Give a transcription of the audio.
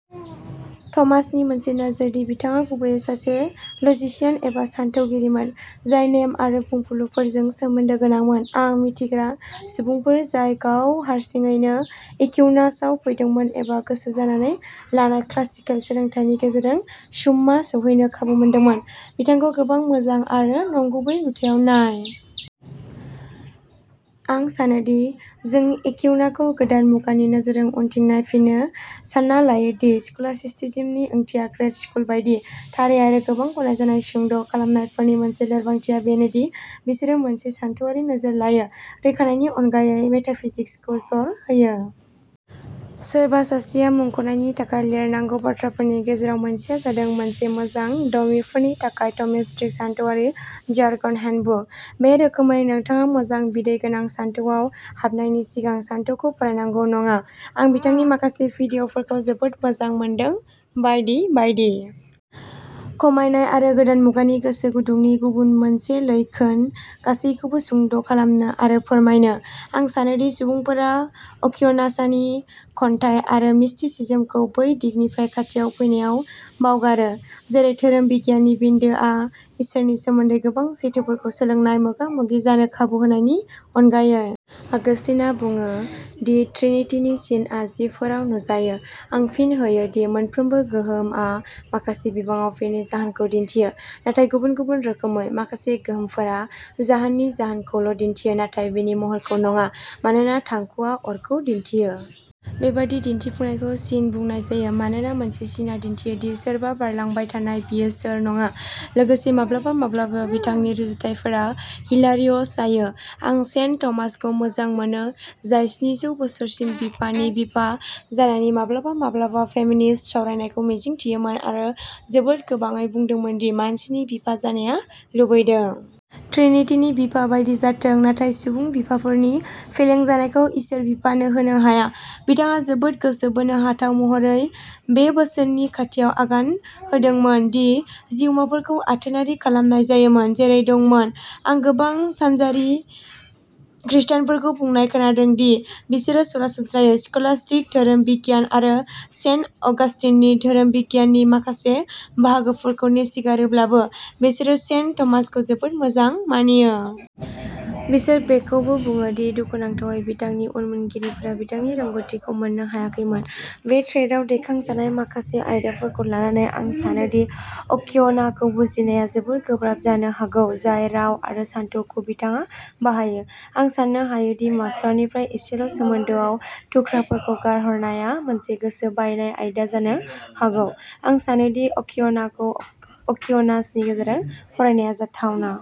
थमासनि मोनसे नोजोर दि बिथाङा गुबैयै सासे लजिशियान एबा सानथौगिरिमोन, जाय नेम आरो बुंफुरलुफोरजों सोमोन्दो गोनांमोन। आं मिन्थिग्रा सुबुंफोर जाय गाव हारसिङैनो एक्विनासाव फैदोंमोन एबा गोसो जानानै लानाय क्लासिकेल सोलोंथायनि गेजेरजों सुम्मा सौहैनो खाबु मोनदोंमोन, बिथांखौ गोबां मोजां आरो नंगुबै नुथायाव नाय। आं सानोदि जों एक्विनाखौ गोदान मुगानि नोजोरजों उनथिं नायफिनो, सानना लायो दि स्कलास्टिसिज्म नि ओंथिया ग्रेड स्कुल बायदि। थारै आरो गोबां गनायजानाय सुंद' खालामनायफोरनि मोनसे लोरबांथिया बेनो दि बिसोरो मोनसे सानथौआरि नोजोर लायो, रैखानायनि अनगायै मेटाफिजिक्सखौ जर होयो। सोरबा सासेया मुंख'नायनि थाखाय लिरनांगौ बाथ्राफोरनि गेजेराव मोनसेआ जादों मोनसे मोजां डमीफोरनि थाखाय थ'मिस्टिक सानथौआरि जार्गन हेन्डबुक। बे रोखोमै, नोंथाङा मोजां बिदै गोनां सानथौआव हाबनायनि सिगां सानथौखौ फरायनांगौ नङा। आं बिथांनि माखासे भिडिय'फोरखौ जोबोद मोजां मोनदों बायदि बायदि। खमायनाय आरो गोदान मुगानि गोसो गुदुंनि गुबुन मोनसे लैखोन गासैबोखौ सुंद' खालामनो आरो फोरमायनो। आं सानो दि सुबुंफोरा अक्विनासनि खन्थाइ आरो मिस्टिसिज्मखौ बै दिगनिफ्राय खाथियाव फैनायाव बावगारो, जेरै धोरोम बिगियाननि बिन्दोआ इसोरनि सोमोन्दै गोबां सैथोफोरखौ सोलोंनाय, मोगा-मोगि जानो खाबु होनायनि अनगायै। आगस्तिनआ बुङो, दि ट्रिनिटीनि सिनआ जिबफोराव नुजायो। आं फिन होयो दि, मोनफ्रोमबो गोहोमआ माखासे बिबाङाव बेनि जाहोनखौ दिन्थियो, नाथाय गुबुन-गुबुन रोखोमै। माखासे गोहोमफोरा जाहोननि जाहोनखौल' दिन्थियो, नाथाय बेनि महरखौ नङा, मानोना थांखुआ अरखौ दिन्थियो। बेबादि दिन्थिफुंनायखौ सिन बुंनाय जायो। मानोना मोनसे सिनआ दिन्थियो दि सोरबा बारलांबाय नाथाय बियो सोर नङा। लोगोसे माब्लाबा-माब्लाबा बिथांनि रुजुथायफोरा हिलारिअस जायो। आं सेन्ट थमासखौ मोजां मोनो, जाय स्निजौ बोसोरसिम बिफानि बिफा जानायनि माब्लाबा-माब्लाबा फेमिनिस्ट सावरायनायखौ मिजिंथियोमोन आरो जोबोद गोबाङै बुंदोंमोन दि मानसिनि बिफा जानाया लुबैदों। ट्रिनिटीनि बिफा बायदि जाथों, नाथाय सुबुं बिफाफोरनि फेलें जानायखौ इसोर बिफानो होनो हाया। बिथाङा जोबोद गोसो बोनो हाथाव महरै बे बोसोननि खाथियाव आगान होदोंमोन दि जिउमाफोरखौ आथोनारि खालामनाय जायोमोन, जेरै दंमोन। आं गोबां सानजाआरि खृष्टानफोरखौ बुंनाय खोनादों दि बिसोरो सरासनस्रायै स्कलास्टिक धोरोम बिगियान आरो सेन्ट अगास्टिननि धोरोम बिगियाननि माखासे बाहागोफोरखौ नेवसिगारोब्लाबो, बिसोरो सेन्ट थमासखौ जोबोद मोजां मानियो। बिसोर बेखौबो बुङो दि, दुखुनांथावै, बिथांनि उनमोनगिरिफोरा बिथांनि रोंग'थिखौ मोननो हायाखैमोन। बे थ्रेडआव दैखांजानाय माखासे आयदाफोरखौ लानानै, आं सानो दि अक्विनाखौ बुजिनाया जोबोद गोब्राब जानो हागौ, जाय राव आरो सानथौखौ बिथाङा बाहायो। आं साननो हायो दि मास्टारनिफ्राय एसेल' सोमोन्दोआव थुख्राफोरखौ गारहरनाया मोनसे गोसो बायनाय आयदा जानो हागौ। आं सानो दि अक्विनाखौ अक्विनासनि गेजेरजों फरायनाया जाथावना।